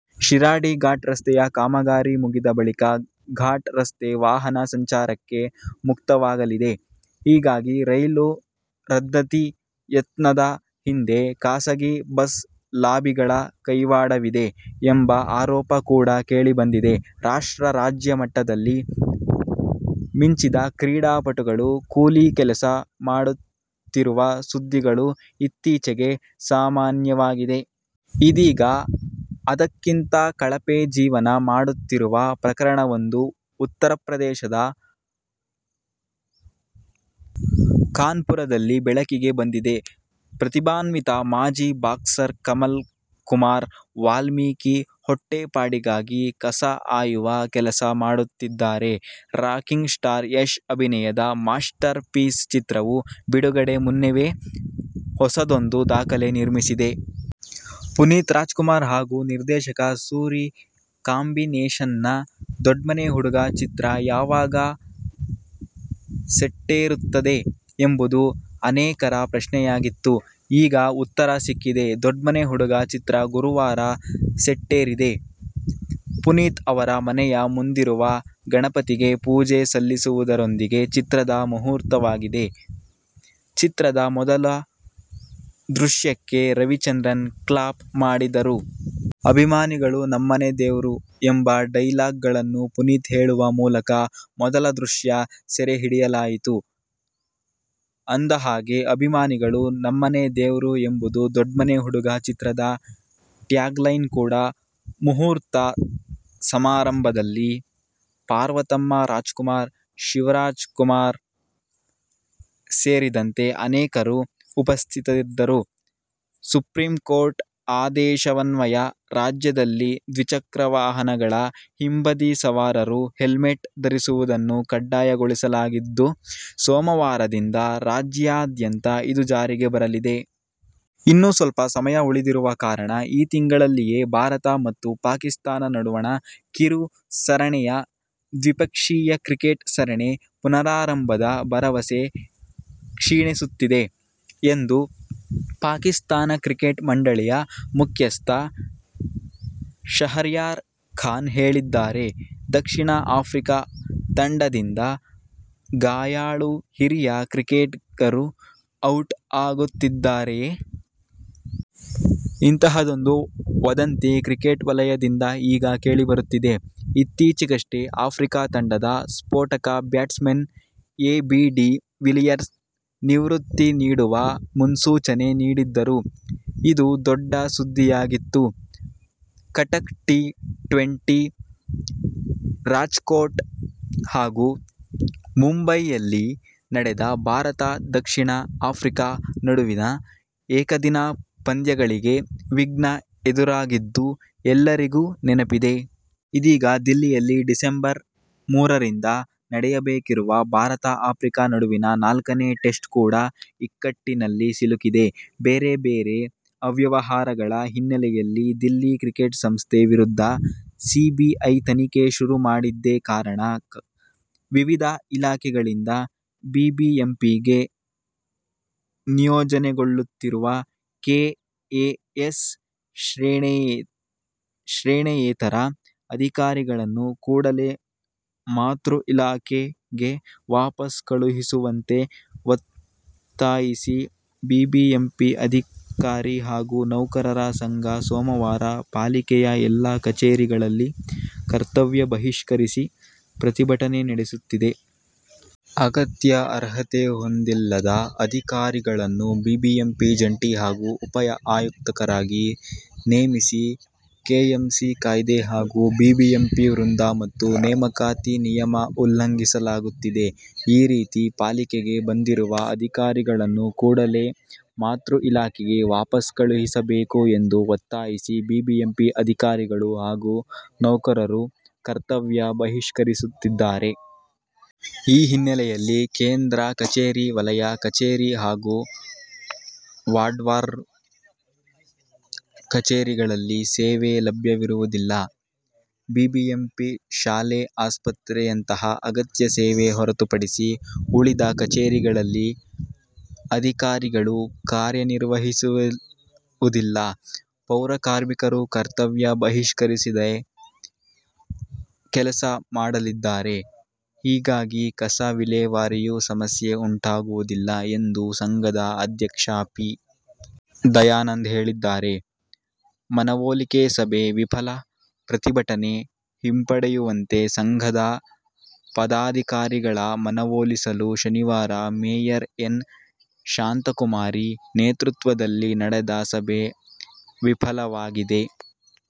ಶಿರಾಡಿ ಘಾಟ್ ರಸ್ತೆಯ ಕಾಮಗಾರಿ ಮುಗಿದ ಬಳಿಕ ಘಾಟ್ ರಸ್ತೆ ವಾಹನ ಸಂಚಾರಕ್ಕೆ ಮುಕ್ತವಾಗಲಿದೆ. ಹೀಗಾಗಿ ರೈಲು ರದ್ಧತಿ ಯತ್ನದ ಹಿಂದೆ ಖಾಸಗಿ ಬಸ್ ಲಾಬಿಗಳ ಕೈವಾಡವಿದೆ ಎಂಬ ಆರೋಪ ಕೂಡ ಕೇಳಿಬಂದಿದೆ. ರಾಷ್ಟ್ರ, ರಾಜ್ಯ ಮಟ್ಟದಲ್ಲಿ ಮಿಂಚಿದ ಕ್ರೀಡಾ ಪಟುಗಳು ಕೂಲಿ ಕೆಲಸ ಮಾಡುತ್ತಿರುವ ಸುದ್ದಿಗಳು ಇತ್ತೀಚೆಗೆ ಸಾಮಾನ್ಯವಾಗಿದೆ. ಇದೀಗ ಅದಕ್ಕಿಂತ ಕಳಪೆ ಜೀವನ ಮಾಡುತ್ತಿರುವ ಪ್ರಕರಣವೊಂದು ಉತ್ತರಪ್ರದೇಶದ ಕಾನ್ಪುರದಲ್ಲಿ ಬೆಳಕಿಗೆ ಬಂದಿದೆ. ಪ್ರತಿಭಾನ್ವಿತ ಮಾಜಿ ಬಾಕ್ಸರ್ ಕಮಲ್ ಕುಮಾರ್ ವಾಲ್ಮೀಕಿ ಹೊಟ್ಟೆ ಪಾಡಿಗಾಗಿ ಕಸ ಆಯುವ ಕೆಲಸ ಮಾಡುತ್ತಿದ್ದಾರೆ. ರಾಕಿಂಗ್ ಸ್ಟಾರ್ ಯಶ್ ಅಭಿನಯದ ಮಾಸ್ಟರ್ ಪೀಸ್ ಚಿತ್ರವು ಬಿಡುಗಡೆ ಮುನ್ನವೇ ಹೊಸದೊಂದು ದಾಖಲೆ ನಿರ್ಮಿಸಿದೆ. ಪುನೀತ್ ರಾಜ್ಕುಮಾರ್ ಹಾಗೂ ನಿರ್ದೇಶಕ ಸೂರಿ ಕಾಂಬಿನೇಶನ್ನ "ದೊಡ್ಮನೆ ಹುಡುಗ' ಚಿತ್ರ ಯಾವಾಗ ಸೆಟ್ಟೇರುತ್ತದೆ ಎಂಬುದು ಅನೇಕರ ಪ್ರಶ್ನೆಯಾಗಿತ್ತು. ಈಗ ಉತ್ತರ ಸಿಕ್ಕಿದೆ. "ದೊಡ್ಮನೆ ಹುಡುಗ' ಚಿತ್ರ ಗುರುವಾರ ಸೆಟ್ಟೇರಿದೆ. ಪುನೀತ್ ಅವರ ಮನೆಯ ಮುಂದಿರುವ ಗಣಪತಿಗೆ ಪೂಜೆ ಸಲ್ಲಿಸುವುದರೊಂದಿಗೆ ಚಿತ್ರದ ಮುಹೂರ್ತವಾಗಿದೆ. ಚಿತ್ರದ ಮೊದಲ ದೃಶ್ಯಕ್ಕೆ ರವಿಚಂದ್ರನ್ ಕ್ಲಾಪ್ ಮಾಡಿದರು. "ಅಭಿಮಾನಿಗಳು ನಮ್ಮನೆ ದೇವ್ರು' ಎಂಬ ಡೈಲಾಗನ್ನು ಪುನೀತ್ ಹೇಳುವ ಮೂಲಕ ಮೊದಲ ದೃಶ್ಯ ಸೆರೆ ಹಿಡಿಯಲಾಯಿತು. ಅಂದಹಾಗೆ, "ಅಭಿಮಾನಿಗಳು ನಮ್ಮನೆ ದೇವ್ರು' ಎಂಬುದು "ದೊಡ್ಮನೆ ಹುಡುಗ' ಚಿತ್ರದ ಟ್ಯಾಗ್ಲೈನ್ ಕೂಡಾ. ಮುಹೂರ್ತ ಸಮಾರಂಭದಲ್ಲಿ ಪಾರ್ವತಮ್ಮ ರಾಜ್ಕುಮಾರ್, ಶಿವರಾಜ್ ಕುಮಾರ್ ಸೇರಿದಂತೆ ಅನೇಕರು ಉಪಸ್ಥಿತರಿದ್ದರು. ಸುಪ್ರೀಂಕೋರ್ಟ್ ಆದೇಶದನ್ವಯ ರಾಜ್ಯದಲ್ಲಿ ದ್ವಿಚಕ್ರ ವಾಹನದ ಹಿಂಬದಿ ಸವಾರರೂ ಹೆಲ್ಮೆಟ್ ಧರಿಸುವುದನ್ನು ಕಡ್ಡಾಯಗೊಳಿಸಲಾಗಿದ್ದು, ಸೋಮವಾರದಿಂದ ರಾಜ್ಯಾದ್ಯಂತ ಇದು ಜಾರಿಗೆ ಬರಲಿದೆ. ಇನ್ನು ಸ್ವಲ್ಪ ಸಮಯ ಉಳಿದಿರುವ ಕಾರಣ ಈ ತಿಂಗಳಲ್ಲಿಯೇ ಭಾರತ ಮತ್ತು ಪಾಕಿಸ್ಥಾನ ನಡುವಣ ಕಿರು ಸರಣಿಯ ದ್ವಿಪಕ್ಷೀಯ ಕ್ರಿಕೆಟ್ ಸರಣಿ ಪುನರಾರಂಭದ ಭರವಸೆ ಕ್ಷೀಣಿಸುತ್ತಿದೆ ಎಂದು ಪಾಕಿಸ್ಥಾನ ಕ್ರಿಕೆಟ್ ಮಂಡಳಿಯ ಮುಖ್ಯಸ್ಥ ಶಹರ್ಯಾರ್ ಖಾನ್ ಹೇಳಿದ್ದಾರೆ. ದಕ್ಷಿಣ ಆಫ್ರಿಕಾ ತಂಡದಿಂದ ಗಾಯಾಳು ಹಿರಿಯ ಕ್ರಿಕೆಟಿಗರು ಔಟ್ ಆಗುತ್ತಿದ್ದಾರೆಯೇ? ಇಂತಹದೊಂದು ವದಂತಿ ಕ್ರಿಕೆಟ್ ವಲಯದಿಂದ ಈಗ ಕೇಳಿಬರುತ್ತಿದೆ. ಇತ್ತೀಚೆಗಷ್ಟೇ ಆಫ್ರಿಕಾ ತಂಡದ ಸ್ಫೋಟಕ ಬ್ಯಾಟ್ಸ್ಮನ್ ಎಬಿಡಿ ವಿಲಿಯರ್ ನಿವೃತ್ತಿ ನೀಡುವ ಮುನ್ಸೂಚನೆ ನೀಡಿದ್ದರು. ಇದು ದೊಡ್ಡ ಸುದ್ದಿಯಾಗಿತ್ತು. ಕಟಕ್ ಟಿ-ಟ್ವೆಂಟಿ, ರಾಜ್ಕೋಟ್ ಹಾಗೂ ಮುಂಬಯಿ ಯಲ್ಲಿ ನಡೆದ ಭಾರತ-ದಕ್ಷಿಣ ಆಫ್ರಿಕಾ ನಡುವಿನ ಏಕದಿನ ಪಂದ್ಯಗಳಿಗೆ ವಿಘ್ನ ಎದುರಾಗಿದ್ದು ಎಲ್ಲರಿಗೂ ನೆನಪಿದೆ. ಇದೀಗ ದಿಲ್ಲಿಯಲ್ಲಿ ಡಿಸಂಬರ್ ಮೂರರಿಂದ ನಡೆಯಬೇಕಿರುವ ಭಾರತ-ಆಫ್ರಿಕಾ ನಡುವಿನ ನಾಲ್ಕನೇ ಟೆಸ್ಟ್ ಕೂಡ ಇಕ್ಕಟ್ಟಿನಲ್ಲಿ ಸಿಲುಕಿದೆ. ಬೇರೆ ಬೇರೆ ಅವ್ಯವಹಾರಗಳ ಹಿನ್ನೆಲೆಯಲ್ಲಿ ದಿಲ್ಲಿ ಕ್ರಿಕೆಟ್ ಸಂಸ್ಥೆ ವಿರುದ್ಧ ಸಿಬಿಐ ತನಿಖೆ ಶುರು ಮಾಡಿದ್ದೇ ಇದಕ್ಕೆ ಕಾರಣ. ವಿವಿಧ ಇಲಾಖೆಗಳಿಂದ ಬಿಬಿಎಂಪಿಗೆ ನಿಯೋಜನೆಗೊಳ್ಳುತ್ತಿರುವ ಕೆಎಎಸ್ ಶ್ರೇಣಿಯೇತರ ಅಧಿಕಾರಿಗಳನ್ನು ಕೂಡಲೇ ಮಾತೃ ಇಲಾಖೆಗೆ ವಾಪಸ್ ಕಳುಹಿಸುವಂತೆ ಒತ್ತಾಯಿಸಿ ಬಿಬಿಎಂಪಿ ಅಧಿಕಾರಿ ಹಾಗೂ ನೌಕರರ ಸಂಘ ಸೋಮವಾರ ಪಾಲಿಕೆಯ ಎಲ್ಲಾ ಕಚೇರಿಗಳಲ್ಲಿ ಕರ್ತವ್ಯ ಬಹಿಷ್ಕರಿಸಿ ಪ್ರತಿಭಟನೆ ನಡೆಸುತ್ತಿದೆ. ಅಗತ್ಯ ಅರ್ಹತೆ ಹೊಂದಿಲ್ಲದ ಅಧಿಕಾರಿಗಳನ್ನು ಬಿಬಿಎಂಪಿ ಜಂಟಿ ಹಾಗೂ ಉಪ ಆಯುಕ್ತರಾಗಿ ನೇಮಿಸಿ ಕೆಎಂಸಿ ಕಾಯ್ದೆ ಹಾಗೂ ಬಿಬಿಎಂಪಿ ವೃಂದ ಮತ್ತು ನೇಮಕಾತಿ ನಿಯಮ ಉಲ್ಲಂಘಿಸಲಾಗುತ್ತಿದೆ. ಈ ರೀತಿ ಪಾಲಿಕೆಗೆ ಬಂದಿರುವ ಅಧಿಕಾರಿಗಳನ್ನು ಕೂಡಲೇ ಮಾತೃ ಇಲಾಖೆಗೆ ವಾಪಸ್ ಕಳುಹಿಸಬೇಕು ಎಂದು ಒತ್ತಾಯಿಸಿ ಬಿಬಿಎಂಪಿ ಅಧಿಕಾರಿಗಳು ಹಾಗೂ ನೌಕರರು ಕರ್ತವ್ಯ ಬಹಿಷ್ಕರಿಸುತ್ತಿದ್ದಾರೆ. ಈ ಹಿನ್ನೆಲೆಯಲ್ಲಿ ಕೇಂದ್ರ ಕಚೇರಿ, ವಲಯ ಕಚೇರಿ ಹಾಗೂ ವಾರ್ಡ್ವಾರು ಕಚೇರಿಗಳಲ್ಲಿ ಸೇವೆ ಲಭ್ಯವಿರುವುದಿಲ್ಲ. ಬಿಬಿಎಂಪಿ ಶಾಲೆ, ಆಸ್ಪತ್ರೆಯಂತಹ ಅಗತ್ಯ ಸೇವೆ ಹೊರತುಪಡಿಸಿ ಉಳಿದ ಕಚೇರಿಗಳಲ್ಲಿ ಅಧಿಕಾರಿಗಳು ಕಾರ್ಯನಿರ್ವಹಿಸುವುದಿಲ್ಲ. ಪೌರಕಾರ್ಮಿಕರು ಕರ್ತವ್ಯ ಬಹಿಷ್ಕರಿಸದೆ ಕೆಲಸ ಮಾಡಲಿದ್ದಾರೆ. ಹೀಗಾಗಿ ಕಸ ವಿಲೇವಾರಿಗೂ ಸಮಸ್ಯೆ ಉಂಟಾಗುವುದಿಲ್ಲ ಎಂದು ಸಂಘದ ಅಧ್ಯಕ್ಷ ಪಿ. ದಯಾನಂದ್ ಹೇಳಿದ್ದಾರೆ. ಮನವೊಲಿಕೆ ಸಭೆ ವಿಫಲ: ಪ್ರತಿಭಟನೆ ಹಿಂಪಡೆಯುವಂತೆ ಸಂಘದ ಪದಾಧಿಕಾರಿಗಳ ಮನವೊಲಿಸಲು ಶನಿವಾರ ಮೇಯರ್ ಎನ್. ಶಾಂತಕುಮಾರಿ ನೇತೃತ್ವದಲ್ಲಿ ನಡೆದ ಸಭೆ ವಿಫಲವಾಗಿದೆ.